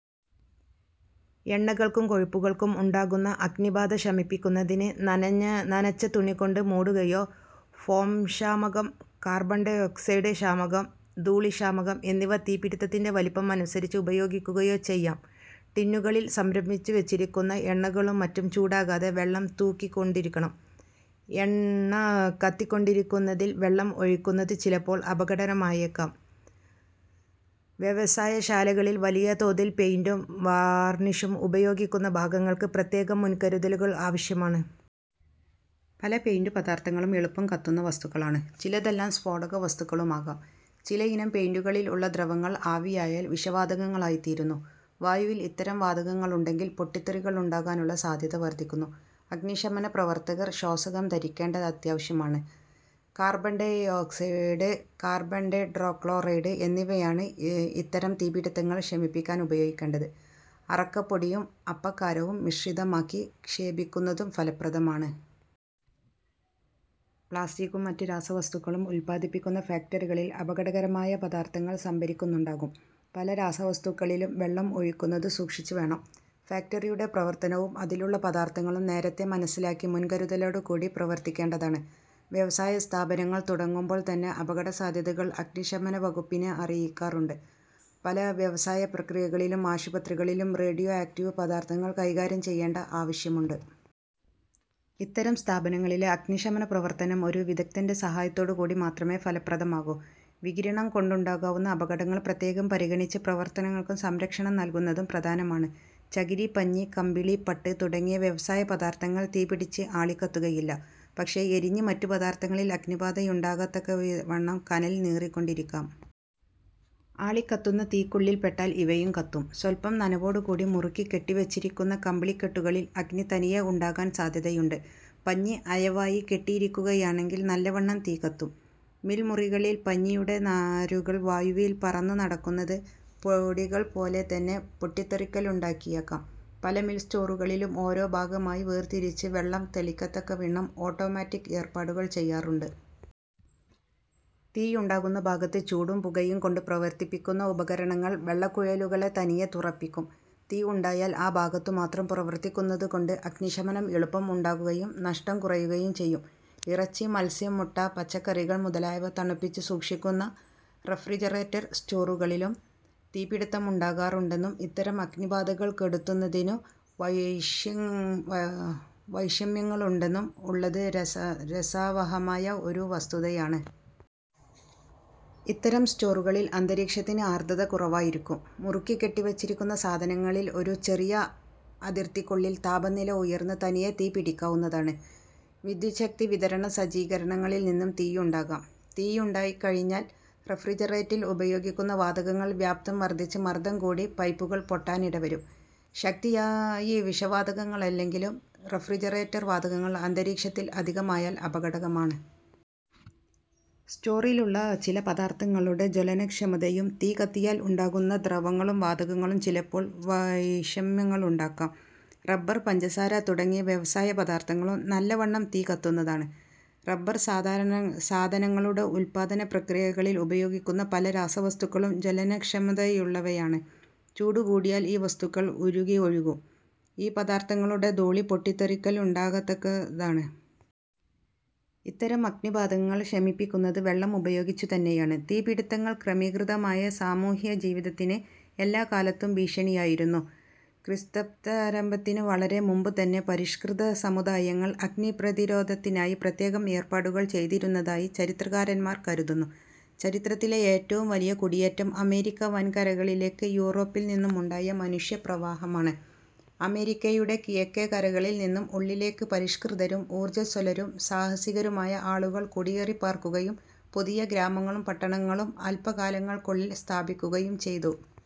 എണ്ണകൾക്കും കൊഴുപ്പുകൾക്കും ഉണ്ടാകുന്ന അഗ്നിബാധ ശമിപ്പിക്കുന്നതിന് നനച്ച തുണികൊണ്ടു മൂടുകയോ, ഫോംശാമകം, കാർബൺഡൈഓക്സൈഡ് ശാമകം, ധൂളിശാമകം, എന്നിവ തീപിടിത്തത്തിന്റെ വലിപ്പം അനുസരിച്ച് ഉപയോഗിക്കുകയോ ചെയ്യാം. ടിന്നുകളിൽ സംഭരിച്ചുവച്ചിരിക്കുന്ന എണ്ണകളും മറ്റും ചൂടാകാതെ വെള്ളം തൂകിക്കൊണ്ടിരിക്കണം. എണ്ണകത്തിക്കൊണ്ടിരിക്കുന്നതിൽ വെള്ളം ഒഴിക്കുന്നത് ചിലപ്പോൾ അപകടകരമായേക്കും. വ്യവസായശാലകളിൽ വലിയ തോതിൽ പെയിന്റും, വാർണിഷും ഉപയോഗിക്കുന്ന ഭാഗങ്ങൾക്ക് പ്രത്യേകം മുൻകരുതലുകൾ ആവശ്യമാണ്. പല പെയിന്റുപദാർഥങ്ങളും എളുപ്പം കത്തുന്ന വസ്തുക്കളാണ്. ചിലതെല്ലാം സ്ഫോടകവസ്തുക്കളുമാകാം. ചിലയിനം പെയിന്റുകളിൽ ഉള്ള ദ്രവങ്ങൾ ആവിയായാൽ വിഷവാതകങ്ങളായിത്തീരുന്നു. വായുവിൽ ഇത്തരം വാതകങ്ങളുണ്ടെങ്കിൽ പൊട്ടിത്തെറികളുണ്ടാകാനുള്ള സാധ്യത വർധിക്കുന്നു. അഗ്നിശമന പ്രവർത്തകർ ശ്വാസകം ധരിക്കേണ്ടതാവശ്യമാണ്. കാർബൺഡൈഓക്സൈഡ്, കാർബൺടെട്രാക്ലോറൈഡ് എന്നിവയാണ് ഇത്തരം തീപിടിത്തങ്ങൾ ശമിപ്പിക്കാൻ ഉപയോഗിക്കേണ്ടത്. അറക്കപൊടിയും, അപ്പക്കാരവും മിശ്രിതമാക്കി ക്ഷേപിക്കുന്നതും ഫലപ്രദമാണ്. പ്ലാസ്റ്റിക്കും മറ്റു രാസവസ്തുക്കളും ഉത്പാദിപ്പിക്കുന്ന ഫാക്ടറികളിൽ അപകടകരമായ പദാർഥങ്ങൾ സംഭരിക്കുന്നുണ്ടാകും. പല രാസവസ്തുക്കളിലും വെള്ളം ഒഴിക്കുന്നത് സൂക്ഷിച്ചുവേണം. ഫാക്ടറിയുടെ പ്രവർത്തനവും, അതിലുള്ള പദാർഥങ്ങളും നേരത്തെ മനസ്സിലാക്കി മുൻകരുതലോടുകൂടി പ്രവർത്തിക്കേണ്ടതാണ്. വ്യവസായസ്ഥാപനങ്ങൾ തുടങ്ങുമ്പോൾതന്നെ, അപകടസാധ്യതകൾ അഗ്നിശമനവകുപ്പിനെ അറിയിക്കാറുണ്ട്. പല വ്യവസായപ്രക്രിയകളിലും, ആശുപത്രികളിലും റേഡിയോ ആക്റ്റീവ് പദാർഥങ്ങൾ കൈകാര്യം ചെയ്യേണ്ട ആവശ്യമുണ്ട്. ഇത്തരം സ്ഥാപനങ്ങളിലെ അഗ്നിശമനപ്രവർത്തനം ഒരു വിദഗ്ദ്ധന്റെ സഹായത്തോടുകൂടി മാത്രമേ ഫലപ്രദമാകൂ. വികിരണം കൊണ്ടുണ്ടാകാവുന്ന അപകടങ്ങൾ പ്രത്യേകം പരിഗണിച്ച് പ്രവർത്തകർക്ക് സംരക്ഷണം നല്കുന്നതും പ്രധാനമാണ്. ചകിരി, പഞ്ഞി, കമ്പിളി, പട്ട് തുടങ്ങിയ വ്യവസായ പദാർഥങ്ങൾ തീപിടിച്ച് ആളിക്കത്തുകയില്ല, പക്ഷേ എരിഞ്ഞ് മറ്റു പദാർഥങ്ങളിൽ അഗ്നിബാധയുണ്ടാകത്തക്കവണ്ണം കനൽ നീറിക്കൊണ്ടിരിക്കാം. ആളിക്കത്തുന്ന തീക്കുള്ളിൽ പെട്ടാൽ ഇവയും കത്തും. സ്വല്പം നനവോടുകൂടി മുറുക്കി കെട്ടിവച്ചിരിക്കുന്ന കമ്പിളിക്കെട്ടുകളിൽ അഗ്നി തനിയെ ഉണ്ടാകാൻ സാധ്യതയുണ്ട്. പഞ്ഞി അയവായി കെട്ടിയിരിക്കുകയാണെങ്കിൽ നല്ലവണ്ണം തീ കത്തും. മിൽ മുറികളിൽ പഞ്ഞിയുടെ നാരുകൾ വായുവിൽ പറന്നുനടക്കുന്നത് പൊടികൾപോലെതന്നെ പൊട്ടിത്തെറിക്കലുണ്ടാക്കിയേക്കും. പല മിൽ സ്റ്റോറുകളിലും ഓരോ ഭാഗമായി വേർതിരിച്ച് വെള്ളം തളിക്കത്തക്കവണ്ണം ഓട്ടോമാറ്റിക് ഏർപ്പാടുകൾ ചെയ്യാറുണ്ട്. തീയുണ്ടാകുന്ന ഭാഗത്ത് ചൂടും പുകയുംകൊണ്ട് പ്രവർത്തിപ്പിക്കുന്ന ഉപകരണങ്ങൾ വെള്ളക്കുഴലുകളെ തനിയെ തുറപ്പിക്കും. തീ ഉണ്ടായാൽ ആ ഭാഗത്തു മാത്രം പ്രവർത്തിക്കുന്നതുകൊണ്ട് അഗ്നിശമനം എളുപ്പം ഉണ്ടാകുകയും നഷ്ടം കുറയുകയും ചെയ്യും. ഇറച്ചി, മത്സ്യം, മുട്ട, പച്ചക്കറികൾ മുതലായവ തണുപ്പിച്ചു സൂക്ഷിക്കുന്ന റഫ്രിജറേറ്റർ സ്റ്റോറുകളിലും തീപിടിത്തമുണ്ടാകാറുണ്ടെന്നും ഇത്തരം അഗ്നിബാധകൾ കെടുത്തുന്നതിനു വൈഷമ്യങ്ങളുണ്ടെന്നും ഉള്ളത് രസാവഹമായ ഒരു വസ്തുതയാണ്. ഇത്തരം സ്റ്റോറുകളിൽ അന്തരീക്ഷത്തിന് ആർദ്രത കുറവായിരിക്കും. മുറുക്കിക്കെട്ടിവച്ചിരിക്കുന്ന സാധനങ്ങളിൽ ഒരു ചെറിയ അതിർത്തിക്കുള്ളിൽ താപനില ഉയർന്ന് തനിയെ തീ പിടിക്കാവുന്നതാണ്. വിദ്യുച്ഛക്തി വിതരണസജ്ജീകരണങ്ങളിൽ നിന്നും തീയുണ്ടാകാം. തീയുണ്ടായിക്കഴിഞ്ഞാൽ റഫ്രിജറേറ്ററിൽ ഉപയോഗിക്കുന്ന വാതകങ്ങൾ വ്യാപ്തം വർധിച്ച് മർദംകൂടി പൈപ്പുകൾ പൊട്ടാനിടവരും. ശക്തിയായ വിഷവാതകങ്ങളല്ലെങ്കിലും റഫ്രിജറേറ്റർവാതകങ്ങൾ അന്തരീക്ഷത്തിൽ അധികമായാൽ അപകടമാണ്. സ്റ്റോറിലുള്ള ചില പദാർഥങ്ങളുടെ ജ്വലനക്ഷമതയും തീ കത്തിയാൽ ഉണ്ടാകുന്ന ദ്രവങ്ങളും വാതകങ്ങളും ചിലപ്പോൾ വൈഷമ്യങ്ങളുണ്ടാക്കും. റബർ, പഞ്ചസാര തുടങ്ങിയ വ്യവസായപദാർഥങ്ങളും നല്ലവണ്ണം തീ കത്തുന്നതാണ്. റബർസാധനങ്ങളുടെ ഉത്പാദനപ്രക്രിയകളിൽ ഉപയോഗിക്കുന്ന പല രാസവസ്തുക്കളും ജ്വലനക്ഷമതയുള്ളവയാണ്. ചൂടുകൂടിയാൽ ഈ വസ്തുക്കൾ ഉരുകി ഒഴുകും. ഈ പദാർഥങ്ങളുടെ ധൂളി പൊട്ടിത്തെറിക്കലുണ്ടാകത്തക്കതാണ്. ഇത്തരം അഗ്നിബാധകൾ ശമിപ്പിക്കുന്നത് വെള്ളം ഉപയോഗിച്ചുതന്നെയാണ്. തീപിടിത്തങ്ങൾ ക്രമീകൃതമായ സാമൂഹ്യജീവിതത്തിന് എല്ലാക്കാലത്തും ഭീഷണിയായിരുന്നു. ക്രിസ്ത്വബ്ദാരംഭത്തിനു വളരെ മുമ്പുതന്നെ പരിഷ്കൃത സമുദായങ്ങൾ അഗ്നിപ്രതിരോധത്തിനായി പ്രത്യേകം ഏർപ്പാടുകൾ ചെയ്തിരുന്നതായി ചരിത്രകാരൻമാർ കരുതുന്നു. ചരിത്രത്തിലെ ഏറ്റവും വലിയ കുടിയേറ്റം അമേരിക്ക വൻകരകളിലേക്ക് യൂറോപ്പിൽനിന്നുമുണ്ടായ മനുഷ്യപ്രവാഹമാണ്. അമേരിക്കയുടെ കിഴക്കേ കരകളിൽനിന്നും ഉള്ളിലേക്ക് പരിഷ്കൃതരും, ഊർജസ്വലരും, സാഹസികരുമായ ആളുകൾ കുടിയേറിപ്പാർക്കുകയും പുതിയ ഗ്രാമങ്ങളും പട്ടണങ്ങളും അല്പകാലങ്ങൾക്കുള്ളിൽ സ്ഥാപിക്കുകയും ചെയ്തു.